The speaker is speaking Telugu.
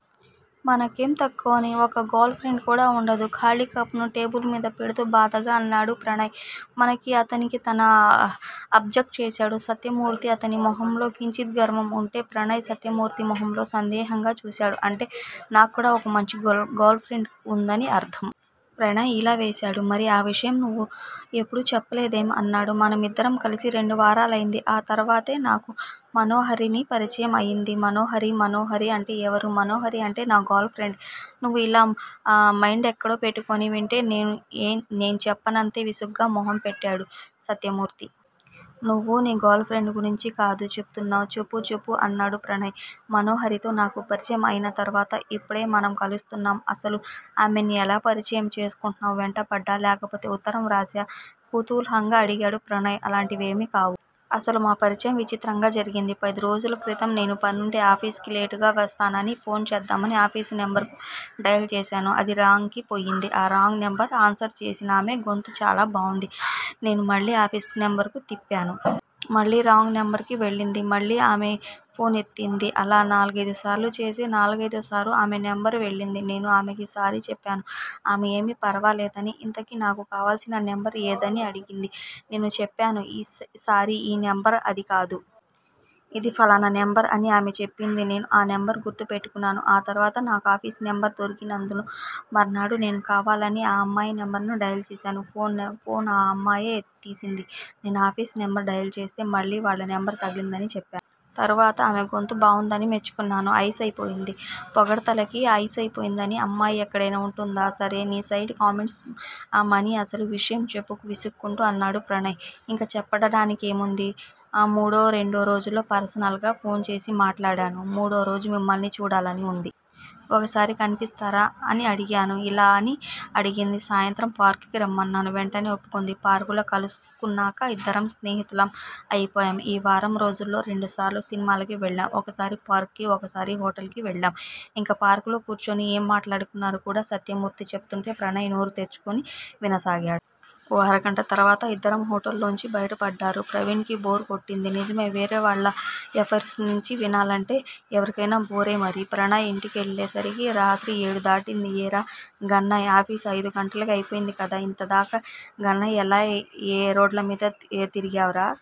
మనకేం తక్కువని ఒక్క గర్ల్ ఫ్రెండ్ కూడా వుండదు ఖాళీ కప్పుని టేబుల్ మీద పెడుతూ బాధగా అన్నాడు ప్రణయ్. మనకి అని అనకు అబ్జక్ట్ చేశాడు సత్యమూర్తి. అతని మొహంలో కించిత్ గర్వం. అంటే? ప్రణయ్ సత్యమూర్తి మొహంలోకి సందేహంగా చూశాడు. అంటే నాక్కూడా ఓ మంచి గర్ల్ ఫ్రెండ్ వుందని అర్ధం. ప్రణయ్ ఈల వేశాడు. మరి ఆ విషయం నువ్వు ఎప్పుడూ చెప్పలేదేం? అన్నాడు. మనం ఇద్దరం కలిసి రెండు వారాలు అయింది. ఆ తర్వాతే నాకు మనోహరితో పరిచయం అయ్యింది. మనోహరి! మనోహరి అంటే ఎవరు? మనోహరి అంటే నా గర్ల్ ఫ్రెండ్. నువ్వు ఇలా నీ మైండెక్కడో పెట్టుకుని వింటే నేను చెప్పనంతే విసుగ్గా మొహంపెట్టాడు సత్యమూర్తి. ఓ నువ్వు నీ గర్ల్ ఫ్రెండ్ గురించి కదూ చెప్తున్నావ్? చెప్పు, చెప్పు అన్నాడు ప్రణయ్. మనోహరితో నాకు పరిచయం అయిన తరువాత ఇప్పుడే మనం కలుస్తున్నాం. అసలు ఆమెని ఎలా పరిచయం చేసుకున్నావ్? వెంటపడా? లేకపోతే ఉత్తరం వ్రాశా? కుతూహలంగా అడిగాడు ప్రణయ్. అలాంటివేమీ కావు. అసలు మా పరిచయం విచిత్రంగా జరిగింది. పదిరోజుల క్రితం నేను పనుండి ఆఫీసుకి లేటుగా వస్తానని ఫోన్ చేద్దామని ఆఫీసు నెంబర్ డయల్ చేశాను. అది రాంగ్ కి పోయింది. ఆ రాంగ్ నెంబర్ ఆన్సర్ చేసినామె గొంతు చాలా బాగుంది. నేను మళ్ళీ ఆఫీసు నెంబరు తిప్పాను. మళ్ళీ రాంగ్ నెంబర్ కి వెళ్ళింది. మళ్ళీ ఆమే ఫోన్ ఎత్తింది అలా నాలుగైదుసార్లు చేస్తే నాలుగైదుసార్లూ ఆమె నెంబరే వెళ్ళింది. నేను ఆమెకి సారీ చెప్పాను. ఆమె ఏమీ పరవాలేదని ఇంతకీ నాకు కావాల్సిన నంబర్ ఏదని అడిగింది. నేను చెప్పాను. సారీ ఈ నెంబర్ అది కాదు. ఇది ఫలానా నెంబర్ అని ఆమె చెప్పింది. నేను ఆ నెంబర్ ని గుర్తుపెట్టుకున్నాను ఆ తరువాత నాకు ఆఫీసు నెంబర్ దొరికిందనుకో మర్నాడు నేను కావాలని ఆ అమ్మాయి నెంబర్ డయల్ చేశాను. ఫోన్ ఆ అమ్మాయే తీసింది. నేను ఆఫీసు నెంబర్ డయల్ చేస్తే మళ్ళీ వాళ్ళ నెంబర్ తగిలిందని చెప్పాను. తరువాత ఆమె గొంతు బాగుందని మెచ్చుకున్నాను. అయిసయిపోయింది. పొగడ్తలకి అయిసయిపోని అమ్మాయి ఎక్కడైనా వుంటుందా? సరే నీ సైడ్ కామెంట్స్ మాని అసలు విషయం చెప్పు విసుక్కుంటూ అన్నాడు ప్రణయ్. ఇంక చెప్పడానికేముంది? మూడో రెండు రోజులు పర్సనల్గా ఫోన్ చేసి మాట్లాడాను. మూడోరోజు మిమ్మల్ని చూడాలని వుంది. ఓసారి కనిపిస్తారా అని అడిగాను. ఎలా అని అడిగింది. సాయంత్రం పార్క్ కి రమ్మన్నాను. వెంటనే ఒప్పుకుంది. పార్క్ లో కలుసుకున్నాక ఇద్దరం స్నేహితులం అయిపోయాం. ఈ వారం రోజుల్లో రెండుసార్లు సినిమాలకి వెళ్ళాం ఒకసారి పార్క్ కి, ఒకసారి హోటల్ కి వెళ్ళాం. ఇంకా పార్క్ లో కూర్చుని ఏమేం మాట్లాడుకున్నారో కూడా సత్యమూర్తి చెప్తుంటే ప్రణయ్ నోరు తెరుచుకుని వినసాగాడు. ఓ అరగంట తరువాత ఇద్దరూ హోటల్ లోంచి బయటపడ్డారు. ప్రవిన్ కి బోర్ కొట్టేసింది. నిజమే వేరేవాళ్ళ ఎఫైర్స్గురించి వినాలంటే ఎవరికయినా బోరేమరి. ప్రణయ్ ఇంటికెళ్ళేసరికి రాత్రి ఏడు దాటింది. ఏరా గన్నాయ్! ఆఫీసు అయిదు గంటలకే అయిపోయిందికదా? ఇంతదాకా గన్నాయ్ లా ఏ రోడ్లమమీద తిరిగావ్ రా?